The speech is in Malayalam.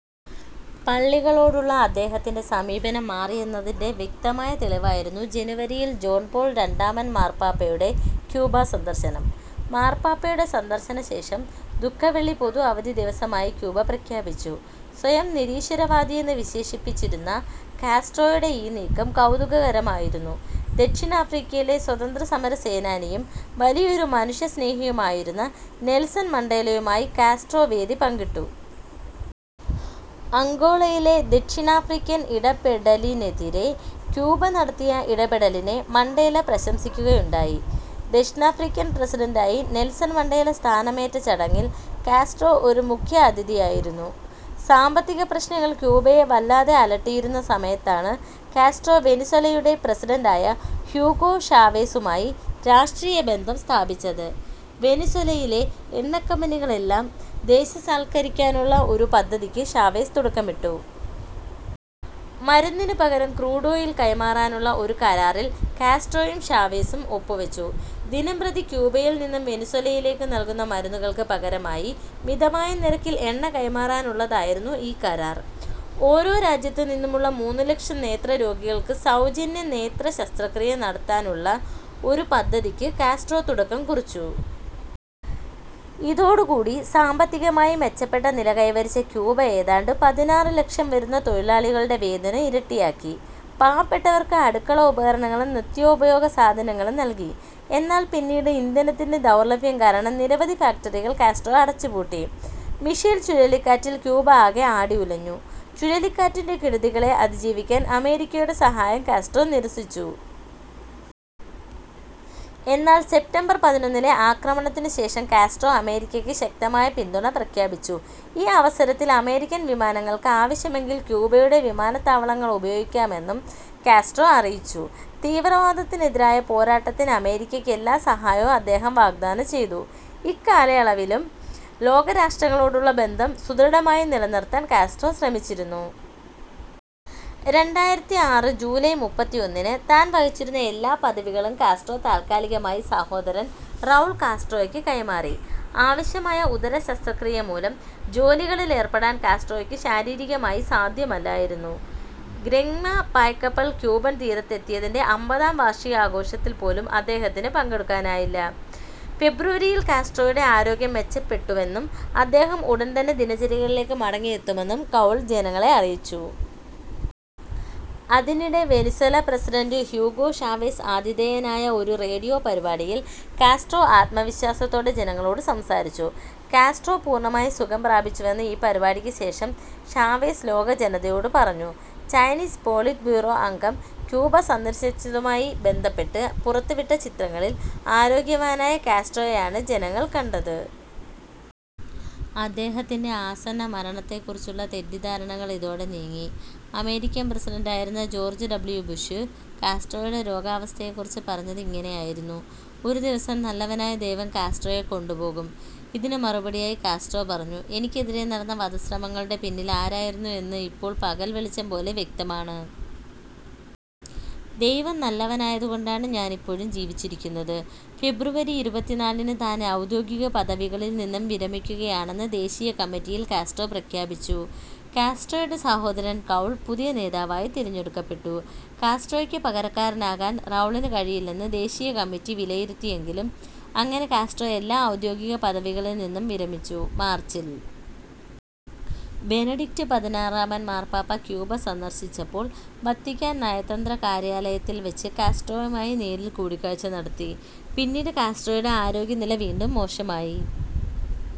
പള്ളികളോടുള്ള അദ്ദേഹത്തിൻ്റെ സമീപനം മാറിയെന്നതിൻ്റെ വ്യക്തമായ തെളിവായിരുന്നു ജനുവരിയിൽ ജോൺ പോൾ രണ്ടാമൻ മാർപ്പാപ്പയുടെ ക്യൂബ സന്ദർശനം. മാർപ്പാപ്പയുടെ സന്ദർശനശേഷം ദുഃഖവെള്ളി പൊതു അവധി ദിവസമായി ക്യൂബ പ്രഖ്യാപിച്ചു. സ്വയം നിരീശ്വരവാദിയെന്ന് വിശേഷിപ്പിച്ചിരുന്ന കാസ്ട്രോയുടെ ഈ നീക്കം കൗതുകകരമായിരുന്നു. ദക്ഷിണാഫ്രിക്കയിലെ സ്വാതന്ത്ര്യസമരസേനാനിയും വലിയൊരു മനുഷ്യസ്നേഹിയുമായിരുന്ന നെൽസൺ മണ്ടേലയുമായി കാസ്ട്രോ വേദി പങ്കിട്ടു. അംഗോളയിലെ ദക്ഷിണാഫ്രിക്കൻ ഇടപെടലിനെതിരേ ക്യൂബ നടത്തിയ ഇടപെടലിനെ മണ്ടേല പ്രശംസിക്കുകയുണ്ടായി. ദക്ഷിണാഫ്രിക്കൻ പ്രസിഡന്റായി നെൽസൺ മണ്ടേല സ്ഥാനമേറ്റ ചടങ്ങിൽ കാസ്ട്രോ ഒരു മുഖ്യ അതിഥിയായിരുന്നു. സാമ്പത്തിക പ്രശ്നങ്ങൾ ക്യൂബയെ വല്ലാതെ അലട്ടിയിരുന്ന സമയത്താണ് കാസ്ട്രോ വെനിസ്വേലയുടെ പ്രസിഡന്റായ ഹ്യൂഗോ ഷാവേസുമായി രാഷ്ട്രീയ ബന്ധം സ്ഥാപിച്ചത്. വെനിസ്വേലയിലെ എണ്ണക്കമ്പനികളെല്ലാം ദേശസാൽക്കരിക്കാനുള്ള ഒരു പദ്ധതിക്ക് ഷാവേസ് തുടക്കമിട്ടു. മരുന്നിനു പകരം ക്രൂഡ് ഓയിൽ കൈമാറാനുള്ള ഒരു കരാറിൽ കാസ്ട്രോയും ഷാവേസും ഒപ്പുവെച്ചു. ദിനംപ്രതി ക്യൂബയിൽ നിന്ന് വെനിസ്വേലയിലേക്ക് നൽകുന്ന മരുന്നുകൾക്ക് പകരമായി മിതമായ നിരക്കിൽ എണ്ണ കൈമാറാനുള്ളതായിരുന്നു ഈ കരാർ. ഓരോ രാജ്യത്തു നിന്നുമുള്ള മൂന്നുലക്ഷം നേത്രരോഗികൾക്ക് സൗജന്യ നേത്രശസ്ത്രക്രിയ നടത്താനുള്ള ഒരു പദ്ധതിക്ക് കാസ്ട്രോ തുടക്കം കുറിച്ചു. ഇതോടുകൂടി സാമ്പത്തികമായി മെച്ചപ്പെട്ട നില കൈവരിച്ച ക്യൂബ ഏതാണ്ട് പതിനാറ് ലക്ഷം വരുന്ന തൊഴിലാളികളുടെ വേതനം ഇരട്ടിയാക്കി. പാവപ്പെട്ടവർക്ക് അടുക്കള ഉപകരണങ്ങളും നിത്യോപയോഗ സാധനങ്ങളും നൽകി. എന്നാൽ പിന്നീട് ഇന്ധനത്തിൻ്റെ ദൗർലഭ്യം കാരണം നിരവധി ഫാക്ടറികൾ കാസ്ട്രോ അടച്ചുപൂട്ടി. മിഷേൽ ചുഴലിക്കാറ്റിൽ ക്യൂബ ആകെ ആടിയുലഞ്ഞു. ചുഴലിക്കാറ്റിൻ്റെ കെടുതികളെ അതിജീവിക്കാൻ അമേരിക്കയുടെ സഹായം കാസ്ട്രോ നിരസിച്ചു. എന്നാൽ സെപ്റ്റംബർ പതിനൊന്നിലെ ആക്രമണത്തിനു ശേഷം കാസ്ട്രോ അമേരിക്കയ്ക്ക് ശക്തമായ പിന്തുണ പ്രഖ്യാപിച്ചു. ഈ അവസരത്തിൽ അമേരിക്കൻ വിമാനങ്ങൾക്ക് ആവശ്യമെങ്കിൽ ക്യൂബയുടെ വിമാനത്താവളങ്ങൾ ഉപയോഗിക്കാമെന്നും കാസ്ട്രോ അറിയിച്ചു. തീവ്രവാദത്തിനെതിരായ പോരാട്ടത്തിന് അമേരിക്കയ്ക്ക് എല്ലാ സഹായവും അദ്ദേഹം വാഗ്ദാനം ചെയ്തു. ഇക്കാലയളവിലും ലോകരാഷ്ട്രങ്ങളോടുള്ള ബന്ധം സുദൃഢമായി നിലനിർത്താൻ കാസ്ട്രോ ശ്രമിച്ചിരുന്നു. രണ്ടായിരത്തി ആറ് ജൂലൈ മുപ്പത്തിയൊന്നിന് താൻ വഹിച്ചിരുന്ന എല്ലാ പദവികളും കാസ്ട്രോ താൽക്കാലികമായി സഹോദരൻ റൗൾ കാസ്ട്രോയ്ക്ക് കൈമാറി. ആവശ്യമായ ഉദരശസ്ത്രക്രിയ മൂലം ജോലികളിൽ ഏർപ്പെടാൻ കാസ്ട്രോയ്ക്ക് ശാരീരികമായി സാധ്യമല്ലായിരുന്നു. ഗ്രന്മ പായ്ക്കപ്പൽ ക്യൂബൻ തീരത്തെത്തിയതിൻ്റെ അമ്പതാം വാർഷികാഘോഷത്തിൽ പോലും അദ്ദേഹത്തിന് പങ്കെടുക്കാനായില്ല. ഫെബ്രുവരിയിൽ കാസ്ട്രോയുടെ ആരോഗ്യം മെച്ചപ്പെട്ടുവെന്നും അദ്ദേഹം ഉടൻ തന്നെ ദിനചര്യകളിലേക്ക് മടങ്ങിയെത്തുമെന്നും റൗൾ ജനങ്ങളെ അറിയിച്ചു. അതിനിടെ വെനിസ്വേല പ്രസിഡന്റ് ഹ്യൂഗോ ഷാവേസ് ആതിഥേയനായ ഒരു റേഡിയോ പരിപാടിയിൽ കാസ്ട്രോ ആത്മവിശ്വാസത്തോടെ ജനങ്ങളോട് സംസാരിച്ചു. കാസ്ട്രോ പൂർണമായി സുഖം പ്രാപിച്ചുവെന്ന് ഈ പരിപാടിക്ക് ശേഷം ഷാവേസ് ലോകജനതയോട് പറഞ്ഞു. ചൈനീസ് പോളിറ്റ് ബ്യൂറോ അംഗം ക്യൂബ സന്ദർശിച്ചതുമായി ബന്ധപ്പെട്ട് പുറത്തുവിട്ട ചിത്രങ്ങളിൽ ആരോഗ്യവാനായ കാസ്ട്രോയെയാണ് ജനങ്ങൾ കണ്ടത്. അദ്ദേഹത്തിൻ്റെ ആസന്നമരണത്തെക്കുറിച്ചുള്ള തെറ്റിദ്ധാരണകൾ ഇതോടെ നീങ്ങി. അമേരിക്കൻ പ്രസിഡന്റായിരുന്ന ജോർജ് ഡബ്ല്യു. ബുഷ് കാസ്ട്രോയുടെ രോഗാവസ്ഥയെക്കുറിച്ച് പറഞ്ഞത് ഇങ്ങനെയായിരുന്നു: ഒരു ദിവസം നല്ലവനായ ദൈവം കാസ്ട്രോയെ കൊണ്ടുപോകും. ഇതിന് മറുപടിയായി കാസ്ട്രോ പറഞ്ഞു എനിക്കെതിരെ നടന്ന വധശ്രമങ്ങളുടെ പിന്നിൽ ആരായിരുന്നു എന്ന് ഇപ്പോൾ പകൽവെളിച്ചം പോലെ വ്യക്തമാണ്. ദൈവം നല്ലവനായതുകൊണ്ടാണ് ഞാൻ ഇപ്പോഴും ജീവിച്ചിരിക്കുന്നത്."ഫെബ്രുവരി ഇരുപത്തിനാലിന് താൻ ഔദ്യോഗിക പദവികളിൽ നിന്ന് വിരമിക്കുകയാണെന്ന് ദേശീയ കമ്മിറ്റിയിൽ കാസ്ട്രോ പ്രഖ്യാപിച്ചു. കാസ്ട്രോയുടെ സഹോദരൻ റൗൾ പുതിയ നേതാവായി തിരഞ്ഞെടുക്കപ്പെട്ടു. കാസ്ട്രോയ്ക്ക് പകരക്കാരനാകാൻ റൗളിന് കഴിയില്ലെന്ന് ദേശീയ കമ്മിറ്റി വിലയിരുത്തിയെങ്കിലും, അങ്ങനെ കാസ്ട്രോ എല്ലാ ഔദ്യോഗിക പദവികളിൽ നിന്നും വിരമിച്ചു. മാർച്ചിൽ ബെനഡിക്ട് പതിനാറാമൻ മാർപ്പാപ്പ ക്യൂബ സന്ദർശിച്ചപ്പോൾ വത്തിക്കാൻ നയതന്ത്ര കാര്യാലയത്തിൽ വെച്ച് കാസ്ട്രോയുമായി നേരിൽ കൂടിക്കാഴ്ച നടത്തി. പിന്നീട് കാസ്ട്രോയുടെ ആരോഗ്യനില വീണ്ടും മോശമായി.